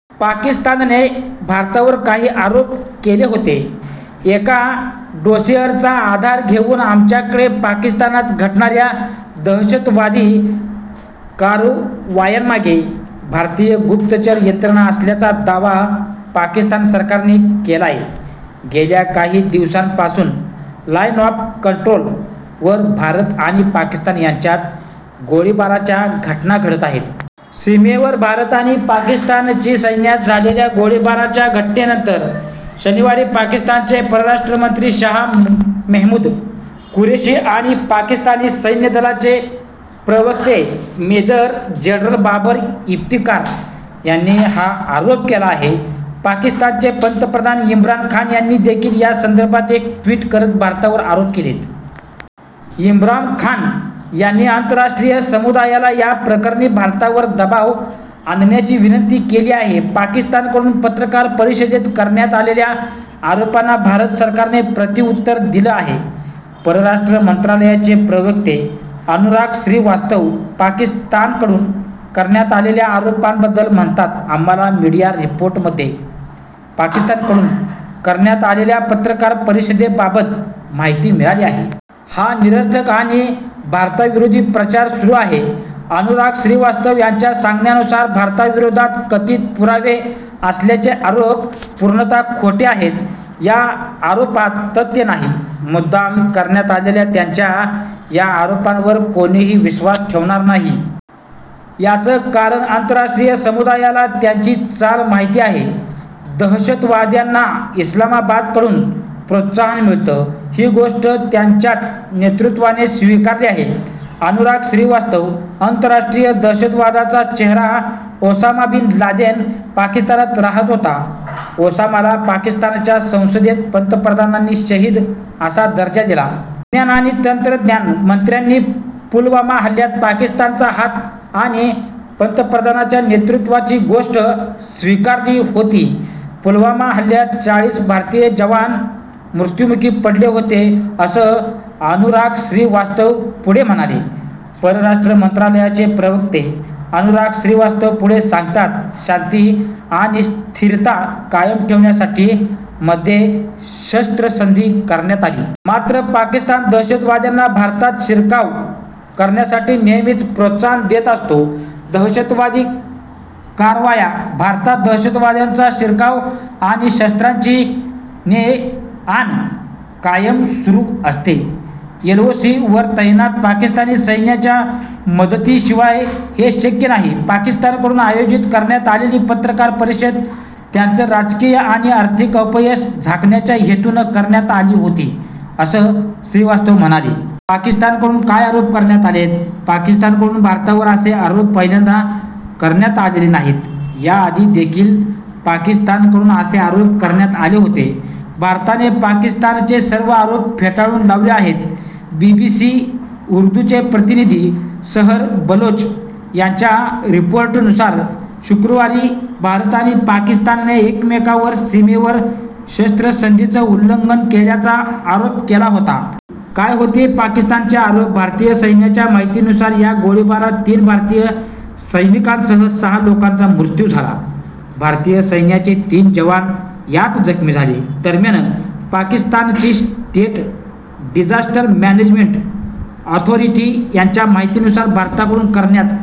पाकिस्तानने भारतावर काही आरोप केले होते. एका 'डोसिअर'चा आधार घेऊन आमच्याकडे पाकिस्तानात घडणाऱ्या दहशतवादी कारवायांमागे भारतीय गुप्तचर यंत्रणा असल्याचा' दावा पाकिस्तान सरकारने केलाय. गेल्या काही दिवसांपासून 'लाइन ऑफ कंट्रोल' वर भारत आणि पाकिस्तान यांच्यात गोळीबाराच्या घटना घडत आहेत. सीमेवर भारत आणि पाकिस्तानी सैन्यात झालेल्या गोळीबाराच्या घटनेनंतर, शनिवारी पाकिस्तानचे परराष्ट्रमंत्री शहा मेहमूद कुरेशी आणि पाकिस्तानी सैन्यदलाचे प्रवक्ते मेजर जनरल बाबर इफ्तिखार यांनी हा आरोप केला आहे. पाकिस्तानचे पंतप्रधान इम्रान खान यांनी देखील या संदर्भात एक ट्विट करत भारतावर आरोप केलेत. इम्राम खान यांनी आंतरराष्ट्रीय समुदायाला या प्रकरणी भारतावर दबाव आणण्याची विनंती केली आहे. पाकिस्तानकडून पत्रकार परिषदेत करण्यात आलेल्या आरोपांना भारत सरकारने प्रत्युत्तर दिलं आहे. परराष्ट्र मंत्रालयाचे प्रवक्ते अनुराग श्रीवास्तव पाकिस्तानकडून करण्यात आलेल्या आरोपांबद्दल म्हणतात आम्हाला मीडिया रिपोर्टमध्ये पाकिस्तानकडून करण्यात आलेल्या पत्रकार परिषदेबाबत माहिती मिळाली आहे. हा निरर्थक आणि भारताविरोधी प्रचार सुरू आहे. अनुराग श्रीवास्तव यांच्या सांगण्यानुसार भारताविरोधात कथित पुरावे असल्याचे आरोप पूर्णत: खोटे आहेत. या आरोपात तथ्य नाही. मुद्दाम करण्यात आलेल्या त्यांच्या या आरोपांवर कोणीही विश्वास ठेवणार नाही. याचं कारण आंतरराष्ट्रीय समुदायाला त्यांची चाल माहिती आहे. दहशतवाद्यांना इस्लामाबादकडून प्रोत्साहन मिळतं, ही गोष्ट त्यांच्याच नेतृत्वाने स्वीकारली आहे. अनुराग श्रीवास्तव आतरराष्ट्रीय दहशतवादाचा चेहरा ओसामा बिन लादेन पाकिस्तानात रहात होता. ओसामाला पाकिस्तानच्या संसदेत पंतप्रधानांनी शहीद असा दर्जा दिला. विज्ञान आणि तंत्रज्ञान मंत्र्यांनी पुलवामा हल्ल्यात पाकिस्तानचा हात आणि पंतप्रधानांच्या नेतृत्वाची गोष्ट स्वीकारली होती. पुलवामा हल्ल्यात चाळीस भारतीय जवान मृत्यूमुखी पडले होते असं अनुराग श्रीवास्तव पुढे म्हणाले. परराष्ट्र मंत्रालयाचे प्रवक्ते अनुराग श्रीवास्तव पुढे सांगतात शांती आणि स्थिरता कायम ठेवण्यासाठी मध्ये शस्त्रसंधी करण्यात आली. मात्र, पाकिस्तान दहशतवाद्यांना भारतात शिरकाव करण्यासाठी नेहमीच प्रोत्साहन देत असतो. दहशतवादी कारवाया, भारतात दहशतवाद्यांचा शिरकाव आणि शस्त्रांची ने-आण कायम सुरू असते. 'एलओसी' वर तैनात पाकिस्तानी सैन्याच्या मदतीशिवाय हे शक्य नाही. पाकिस्तानकडून आयोजित करण्यात आलेली पत्रकार परिषद त्यांचं राजकीय आणि आर्थिक अपयश झाकण्याच्या हेतूने करण्यात आली होती, असं श्रीवास्तव म्हणाले. पाकिस्तानकडून काय आरोप करण्यात आलेत? पाकिस्तानकडून भारतावर असे आरोप पहिल्यांदा करण्यात आलेले नाहीत. याआधी देखील पाकिस्तानकडून असे आरोप करण्यात आले होते. भारताने पाकिस्तानचे सर्व आरोप फेटाळून लावले आहेत. बीबीसी उर्दूचे प्रतिनिधी सहर बलोच यांच्या रिपोर्टनुसार, शुक्रवारी भारत आणि पाकिस्तानने एकमेकांवर सीमेवर शस्त्रसंधीच उल्लंघन केल्याचा आरोप केला होता. काय होते पाकिस्तानचे आरोप भारतीय सैन्याच्या माहितीनुसार, या गोळीबारात तीन भारतीय सैनिकांसह सहा लोकांचा मृत्यू झाला. भारतीय सैन्याचे तीन जवान यात जखमी झाले. दरम्यान पाकिस्तानची स्टेट डिजास्टर मॅनेजमेंट ऑथॉरीटी यांच्या माहितीनुसार भारताकडून करण्यात